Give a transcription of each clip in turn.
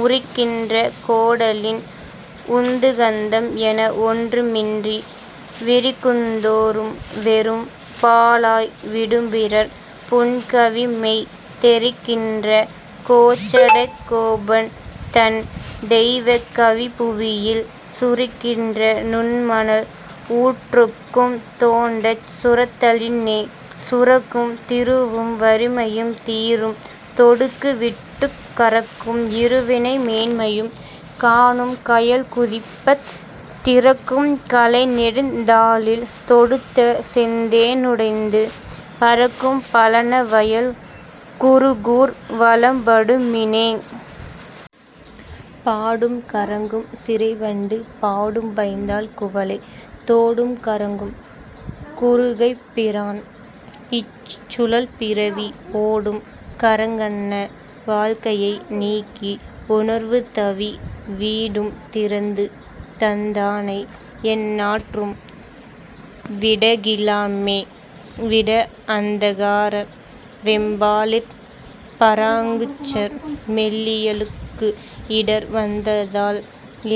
உரிக்கின்ற கோடலின் உந்துகந்தம் என ஒன்றுமின்றி விரிக்குந்தோறும் வெறும் பாழாய் விடும்பிறர் புன்கவிமெய் தெரிக்கின்ற கோச்சடகோபன் தன் தெய்வக் கவிபுவியில் சுரிக்கின்ற நுண்மணல் ஊற்றொக்கும் தோண்டச் சுரத்தலின்னே.. சுரக்கும் திருவும் வறுமையும் தீரும் தொடுக்கு விட்டுக் கரக்கும் இருவினை மேன்மையும் காணும் கயல்குதிப்பத் திரக்கும் கழைநெடுந் தாளில் தொடுத்த செந்தேனுடைந்து பரக்கும் பழன வயல் குருகூர் வளம்படும்மினே. பாடும் கறங்கும் சிறைவண்டு பாடும்பைந்தாள் குவளை தோடும் கறங்கும் குருகைப்பிரான் இச் சுழல்பிறவி ஓடும் கறங்கன்ன வாழ்கையை நீக்கி உணர்வுதவி வீடும் திறந்து தந்தானை எந்நாற்றும் விடகிலாமே. விட அந்தகார வெம்பாலிற் பராங்குசர் மெல்லியலுக்கு இடர் வந்ததால்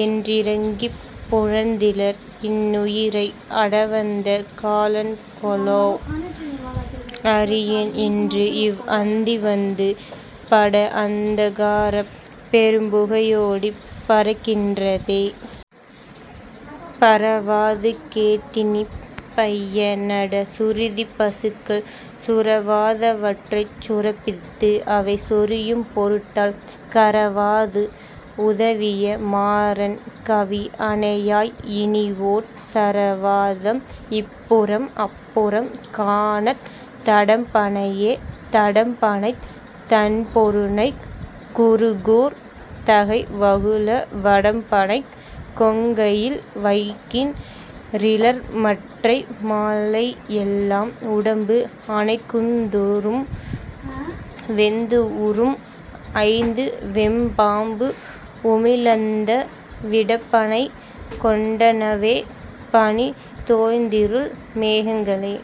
என்றிரங்கிப் புணர்ந்திலர் இன்னுயிரை அடவந்த காலன்கொலோ அறியேன் இன்று இவ் அந்திவந்து பட அந்தகாரப் பெரும்புகையோடிப் பரக்கின்றதே. பரவாது கேட்டினிப் பைய நட சுருதிப் பசுக்கள் சுரவாதவற்றைச் சுரப்பித்து அவை சொரியும் பொருட்டால் கரவாது உதவிய மாறன் கவி அனையாய் இனிஓர் சரவாதம் இப்புறம் அப்புறம் காணத் தடம்பணையே. தடம்பணைத் தண்பொருநைக் குருகூர் தகை வகுள வடம்பணைக் கொங்கையில் வைக்கின் றிலர்மற்றை மாலைஎல்லாம் உடம்பு அணைக்குந்தொறும் வெந்துஉரும் ஐந்து வெம்பாம்பு உமிழந்த விடம்பணைக் கொண்டனவே பனி தோய்ந்திரு மேகங்களே.